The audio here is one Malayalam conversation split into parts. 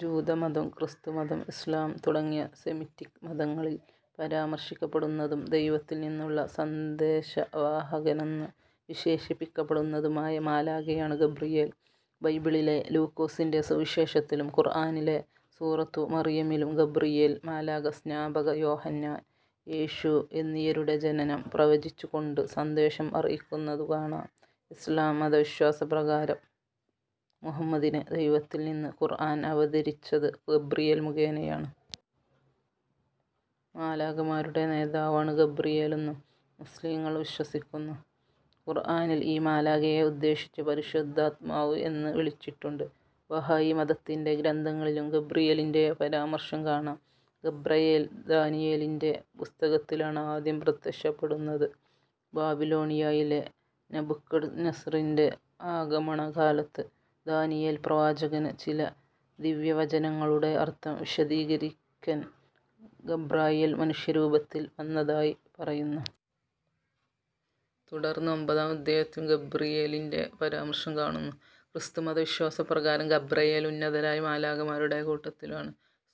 ജൂതമതം, ക്രിസ്തുമതം, ഇസ്ലാം തുടങ്ങിയ സെമിറ്റിക് മതങ്ങളിൽ പരാമർശിക്കപ്പെടുന്നതും ദൈവത്തിൽ നിന്നുള്ള സന്ദേശവാഹകനെന്ന് വിശേഷിപ്പിക്കപ്പെടുന്നതുമായ മാലാഖയാണ് ഗബ്രിയേൽ. ബൈബിളിലെ ലൂക്കോസിന്റെ സുവിശേഷത്തിലും ഖുർആനിലെ സൂറത്തു മർയമിലും ഗബ്രിയേൽ മാലാഖ സ്നാപക യോഹന്നാൻ, യേശു എന്നിയരുടെ ജനനം പ്രവചിച്ചുകോണ്ട് സന്ദേശം അറിയിക്കുന്നതു കാണാം. ഇസ്ലാം മത വിശ്വാസ പ്രകാരം മുഹമ്മദിന് ദൈവത്തിൽ നിന്ന് ഖുർആൻ അവതരിച്ചത് ഗബ്രിയേൽ മുഖേനയാണ്. മാലാഖമാരുടെ നേതാവാണ് ഗബ്രിയേലെന്നും മുസ്ലിംകൾ വിശ്വസിക്കുന്നു. ഖുർആനിൽ ഈ മാലാഖയെ ഉദ്ദേശിച്ച് ' പരിശുദ്ധാത്മാവ് ' എന്ന് വിളിച്ചിട്ടുണ്ട്. ബഹായി മതത്തിന്റെ ഗ്രന്ഥങ്ങളിലും ഗബ്രിയേലിന്റെ പരാമർശം കാണാം. ഗബ്രയേൽ ദാനിയേലിന്റെ പുസ്തകത്തിലാണ്ആദ്യം പ്രത്യക്ഷപ്പെടുന്നത്. ബാബിലോണിയായിലെ നബുക്കഡ്നസറിന്റെ ആകമണ കാലത്ത് ദാനിയേൽ പ്രവാചകന് ചില ദിവ്യവചനങ്ങളുടെ അർത്ഥം വിശദീകരിക്കൻ ഗബ്രായേൽ മനുഷ്യ രൂപത്തിൽ വന്നതായി പറയുന്നു. തുടർന്ന് ഒമ്പതാം അദ്ധ്യായത്തിലും ഗബ്രിയേലിന്റെ പരാമർശം കാണുന്നു. ക്രിസ്തുമത വിശ്വാസപ്രകാരം ഗബ്രയേൽ ഉന്നതരായ മാലാഖമാരുടെ കൂട്ടത്തിലാണ്.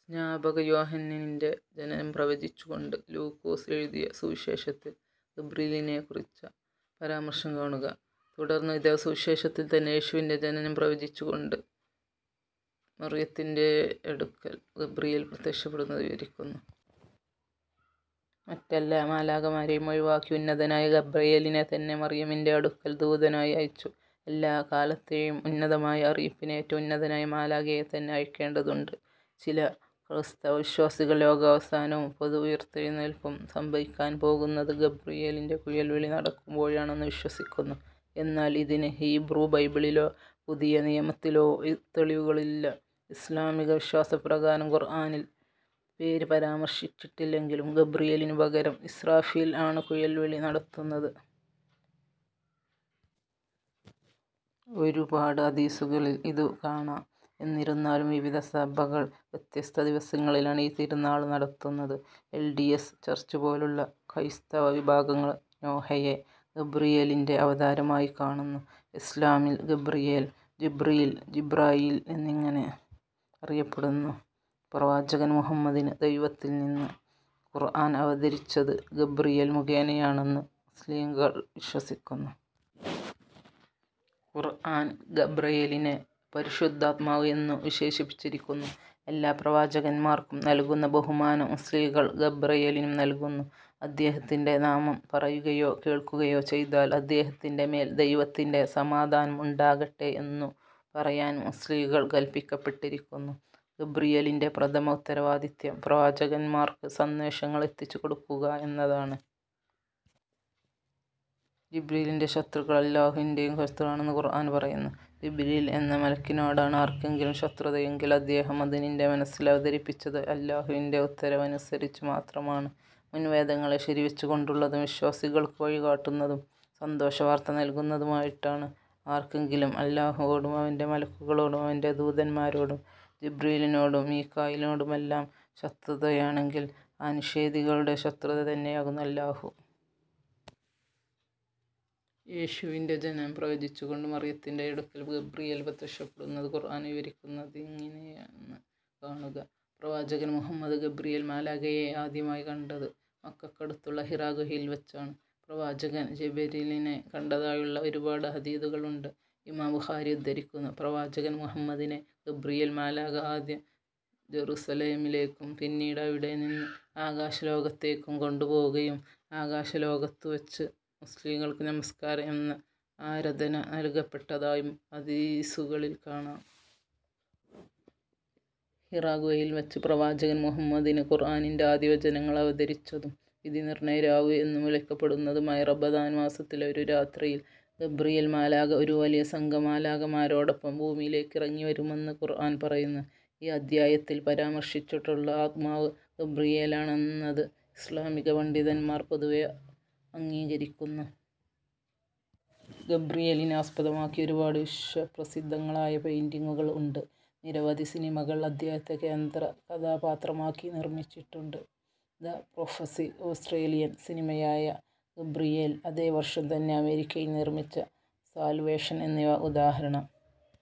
സ്നാപക യോഹന്നനിന്റെ ജനനം പ്രവചിച്ചുകൊണ്ട് ലൂക്കോസ് എഴുതിയ സുവിശേഷത്തിൽ ഗബ്രിയേലിനെക്കുറിച്ച പരാമർശം കാണുക: തുടർന്ന് ഇതേ സുവുശേഷത്തിൽ തന്നെ യേശുവിന്റെ ജനനം പ്രവചിച്ചുകൊണ്ട് മറിയത്തിന്റെയടുക്കൽ ഗബ്രിയേൽ പ്രത്യക്ഷപ്പെടുന്നത് വിവരിക്കുന്നു. മറ്റെല്ലാ മാലാഖമാരേയും ഒഴിവാക്കി ഉന്നതനായ ഗബ്രയേലിനെ തന്നെ മറിയമിന്റെ അടുക്കൽ ദൂതനായി അയച്ചു. എല്ലാ കാലത്തേയും ഉന്നതമായ അറിയിപ്പിന് ഏറ്റവും ഉന്നതനായ മാലാഖയെത്തന്നെ അയക്കേണ്ടതുണ്ട്. ചില ക്രൈസ്തവ വിശ്വാസികൾ ലോകാവസാനവും പൊതുഉയിർത്തെഴുന്നേൽപ്പും സംഭവിക്കാൻ പോകുന്നത് ഗബ്രിയേലിന്റെ കുഴൽവിളി നടക്കുമ്പോഴാണെന്ന് വിശ്വസിക്കുന്നു, എന്നാൽ ഇതിന് ഹീബ്രു ബൈബിളിലോ പുതിയനിയമത്തിലോ തെളിവുകളില്ല ഇസ്ലാമിക വിശ്വാസ പ്രകാരം, ഖുർആനിൽ പേര് പരാമർശിച്ചിട്ടില്ലെങ്കിലും, ഗബ്രിയേലിനു പകരം ഇസ്റാഫീൽ ആണ് കുഴൽ വിളി നടത്തുന്നത്. ഒരുപാട് ഹദീസുകളിൽ ഇതു കാണാം. എന്നിരുന്നാലും വിവിധ സഭകൾ വ്യത്യസ്ത്ഥ ദിവസങ്ങളിലാണ് ഈ തിരുനാൾ നടത്തുന്നത്. എൽ. ഡി. എസ്. ചർച്ചുപോലുള്ള കൈസ്തവ വിഭാഗങ്ങൾ നോഹയെ ഗബ്രിയേലിന്റെ അവതാരമായിക്കാണുന്നു. ഇസ്ലാമിൽ ഗബ്രിയേൽ, ജിബ്രീൽ, ജിബ്രായീൽ എന്നിങ്ങനെ അറിയപ്പെടുന്നു. പ്രവാചകൻ മുഹമ്മദിന് ദൈവത്തിൽ നിന്ന് ഖുർആൻ അവതരിച്ചത് ഗബ്രിയേൽ മുഖേനയാണെന്ന് മുസ്ലിംകൾ വിശ്വസിക്കുന്നു. ഖുർആൻ ഗബ്രയേലിനെ പരിശുദ്ധാത്മാവ് എന്നു വിശേഷിപ്പിച്ചിരിക്കുന്നു. എല്ലാ പ്രവാചകന്മാർക്കും നൽകുന്ന ബഹുമാനം മുസ്ലിംകൾ ഗബ്രയേലിനും നൽകുന്നു. അദ്ദേഹത്തിന്റെ നാമം പറയുകയോ കേൾക്കുകയോ ചെയ്താൽ അദ്ദേഹത്തിന്റെ മേൽ ദൈവത്തിന്റെ സമാധാനം ഉണ്ടാകട്ടെ എന്നു പറയാൻ മുസ്ലിംകൾ കൽപിക്കപ്പെട്ടിരിക്കുന്നു. ഗബ്രിയേലിന്റെ പ്രഥമ ഉത്തരവാദിത്തം പ്രവാചകന്മാർക്ക് സന്ദേശങ്ങൾ എത്തിച്ചുകൊടുക്കുക എന്നതാണ്. ജിബ്രീലിന്റെ ശത്രുക്കൾ അല്ലാഹുവിന്റേയും ശത്രുവാണെന്ന് ഖുർആൻ പറയുന്നു: ജിബ്രീൽ എന്ന മലക്കിനോടാണ് ആർക്കെങ്കിലും ശത്രുതയെങ്കിൽ അദ്ദേഹമത് നിന്റെ മനസ്സിൽ അവതരിപ്പിച്ചത് അല്ലാഹുവിന്റെ ഉത്തരവനുസരിച്ച് മാത്രമാണ്. മുൻവേദങ്ങളെ ശരിവെച്ചുകൊണ്ടുള്ളതും, വിശ്വാസികൾക്ക് വഴി കാട്ടുന്നതും, സന്തോഷവാർത്ത നൽകുന്നതുമായിട്ടാണ്. ആർക്കെങ്കിലും അല്ലാഹുവോടും അവന്റെ മലക്കുകളോടും അവന്റെ ദൂതൻമാരോടും ജിബ്രീലിനോടും മീകാഈലിനോടുമെല്ലാം ശത്രുതയാണെങ്കിൽ ആ നിഷേധികളുടെ ശത്രുതന്നെയാകുന്നു അല്ലാഹു. യേശുവിന്റെ ജനനം പ്രവചിച്ചുകൊണ്ട് മറിയത്തിന്റെയടുക്കൽ ഗബ്രിയേൽ പ്രത്യക്ഷപ്പെടുന്നത് ഖുർആൻ വിവരിക്കുന്നതെങ്ങിനെയെന്ന് കാണുക: പ്രവാചകൻ മുഹമ്മദ് ഗബ്രിയേൽ മാലാഖയെ ആദ്യമായി കണ്ടത് മക്കക്കടുത്തുള്ള ഹിറാഗുഹയിൽ വച്ചാണ്. പ്രവാചകൻ ജിബരീലിനെ കണ്ടതായുള്ള ഒരുപാട് ഹദീഥുകൾ ഉണ്ട്. ഇമാം ബുഖാരി ഉദ്ധരിക്കുന്നു: പ്രവാചകൻ മുഹമ്മദിനെ ഗബ്രിയേൽ മാലാഖ ആദ്യം ജറുസലേമിലേക്കും പിന്നീട് അവിടെനിന്ന് ആകാശലോകത്തേയ്ക്കും കൊണ്ടുപോവുകയും ആകശലോകത്തുവച്ച് മുസ്ലിംകൾക്ക് നമസ്കാരം എന്ന ആരധന നൽകപ്പെട്ടതായും ഹദീസുകളിൽ കാണാം. ഹിറാഗുഹയിൽ വച്ച് പ്രവാചകൻ മുഹമ്മദിന് ഖുർആനിന്റെ ആദ്യവചനങ്ങൾ അവതരിച്ചതും വിധിനിർണയ രാവ് എന്നു വിളിക്കപ്പെടുന്നതുമായ റമദാൻ മാസത്തിലെ ഒരു രാത്രിയിൽ ഗബ്രിയേൽ മാലാഖ ഒരു വലിയ സംഘം മാലാഖമാരോടൊപ്പം ഭൂമിയിലെക്കിറങ്ങി വരുമെന്ന് ഖുർആൻ പറയുന്നു: ഈ അദ്ധ്യായത്തിൽ പരാമർശിച്ചിട്ടുള്ള ആത്മാവ് ഗബ്രിയേലാണെന്നത് ഇസ്ലാമിക പണ്ഡിതന്മാർ പൊതുവെ അംഗീകരിക്കുന്നു. ഗബ്രിയേലിനെ ആസ്പദമാക്കി ഒരുപാട് വിശ്വപ്രസിദ്ധങ്ങളായ പെയിന്റിങ്ങുകൾ ഉണ്ട്. നിരവധി സിനിമകൾ അദ്ദേഹത്തെ കേന്ദ്രകഥാപാത്രമാക്കി നിർമ്മിച്ചിട്ടുണ്ട്. ദ പ്രോഫസി, ഓസ്ട്രേലിയൻ സിനിമയായ ഗബ്രിയേൽ, അതേ വർഷം തന്നെ അമേരിക്കയിൽ നിർമ്മിച്ച സാൽവേഷൻ എന്നിവ ഉദാഹരണം.